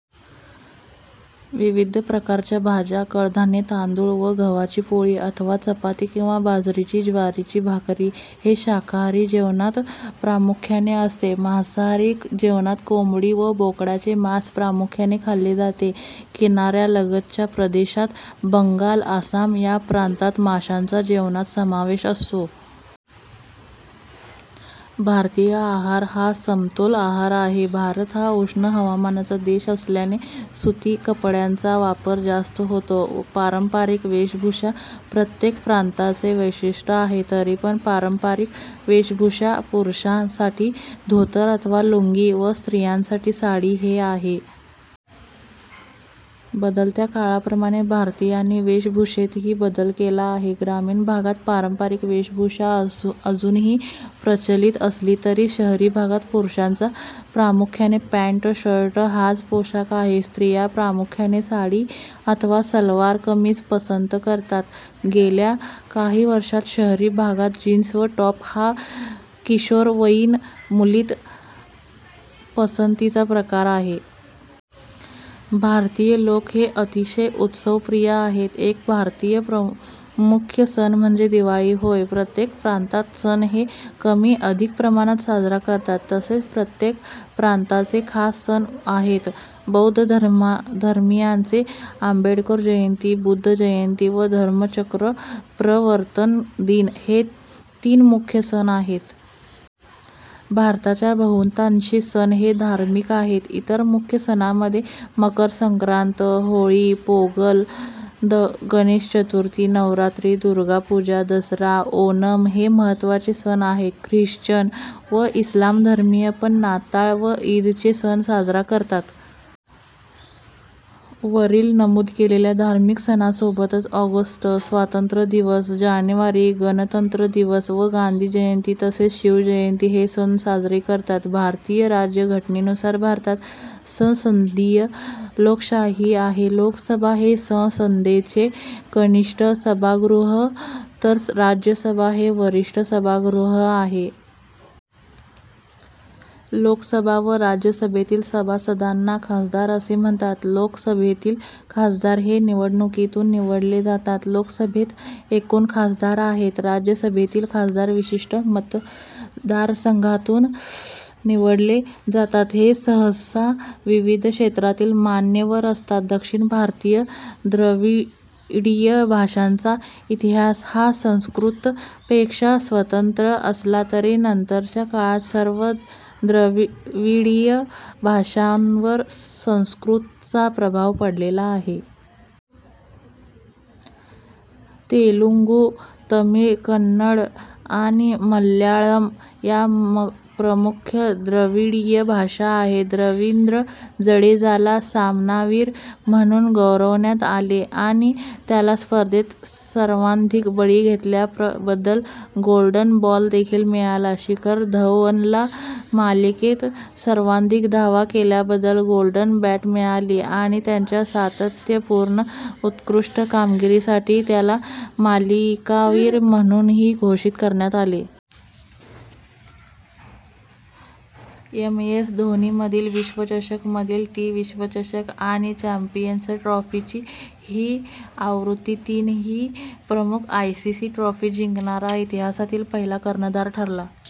विविध प्रकारच्या भाज्या कडधान्ये, तांदूळ व गव्हाची पोळी अथवा चपाती किंवा बाजरीची / ज्वारीची भाकरी हे शाकाहारी जेवणात प्रामुख्याने असते. मासांहारी जेवणात कोंबडी व बोकडाचे मांस प्रामुख्याने खाल्ले जाते. किनाऱ्यालगतच्या प्रदेशात, बंगाल, आसाम या प्रांतात माशांचा जेवणात समावेश असतो. भारतीय आहार हा समतोल आहार आहे. भारत हा उष्ण हवामानाचा देश असल्याने सुती कपड्यांचा वापर जास्त होतो. पारंपारिक वेषभूषा प्रत्येक प्रांताचे वैशिष्ट्ये आहे. तरीपण पारंपारिक वेषभूषा पुरुषांसाठी धोतर अथवा लुंगी व स्रियांसाठी साडी हे आहे. बदलत्या काळाप्रमाणे भारतीयांनी वेषभूषेतही बदल केला आहे. ग्रामीण भागात पारंपारिक वेषभूषा अजूनही प्रचलित असली तरी शहरी भागात पुरुषांचा प्रामुख्याने पँट शर्ट हाच पोषाख आहे. स्रिया प्रामुख्याने साडी अथवा सलवार कमीझ पसंत करतात. गेल्या काही वर्षात शहरी भागात जीन्स व टॉप हा किशोरवयीन मुलींत पसंतीचा प्रकार आहे. भारतीय लोक हे अतिशय उत्सवप्रिय आहेत. एक भारतीय मुख्य सण म्हणजे दिवाळी होय. प्रत्येक प्रांतात सण हे कमी अधिक प्रमाणात साजरा करतात. तसेच प्रत्येक प्रांताचे खास सण आहेत. बौद्ध धर्मीयांचे आंबेडकर जयंती, बुद्ध जयंती व धम्मचक्र प्रवर्तन दिन हे तीन मुख्य सण आहेत. भारताच्या बहुतांशी सण हे धार्मिक आहेत. इतर मुख्य सणांमध्ये मकरसंक्रांत, होळी, पोंगल, गणेश चतुर्थी, नवरात्री, दुर्गापूजा, दसरा, ओणम हे मह्त्वाचे सण आहेत. ख्रिश्चन व इस्लाम धर्मीय पण नाताळ व ईदचे सण साजरा करतात. वरील नमूद केलेल्या धार्मिक सणांसोबतच ऑगस्ट स्वातंत्र्यदिवस, जानेवारी गणतंत्र दिवस व गांधी जयंती तसेच शिवजयंती हे सण साजरे करतात. भारतीय राज्य घटनेनुसार भारतात संसदीय लोकशाही आहे. लोकसभा हे संसदेचे कनिष्ठ सभागृह तर राज्यसभा हे वरिष्ठ सभागृह आहे. लोकसभा व राज्यसभेतील सभासदांना खासदार असे म्हणतात. लोकसभेतील खासदार हे निवडणुकीतून निवडले जातात. लोकसभेत एकूण खासदार आहेत. राज्यसभेतील खासदार विशिष्ट मतदारसंघांतून निवडले जातात. हे सहसा विविध क्षेत्रातील मान्यवर असतात. दक्षिण भारतीय द्रविडीय भाषांचा इतिहास हा संस्कृतपेक्षा स्वतंत्र असला तरी नंतरच्या काळात सर्व द्रविडीय भाषांवर संस्कृतचा प्रभाव पडलेला आहे. तेलुगू, तमिळ, कन्नड आणि मल्याळम या प्रमुख द्रविडीय भाषा आहेत. रवींद्र जडेजाला सामनावीर म्हणून गौरवण्यात आले आणि त्याला स्पर्धेत सर्वाधिक बळी घेतल्याबद्दल "गोल्डन बॉल" देखील मिळाला. शिखर धवनला मालिकेत सर्वाधिक धावा केल्याबद्दल "गोल्डन बॅट" मिळाली आणि त्याच्या सातत्यपूर्ण उत्कृष्ट कामगिरीसाठी त्याला मालिकावीर म्हणूनही घोषित करण्यात आले. एमएस धोनी मधील विश्वचषक, मधील टी- विश्वचषक आणि चॅम्पियन्स ट्रॉफीची ही आवृत्ती तीनही प्रमुख आयसीसी ट्रॉफी जिंकणारा इतिहासातील पहिला कर्णधार ठरला.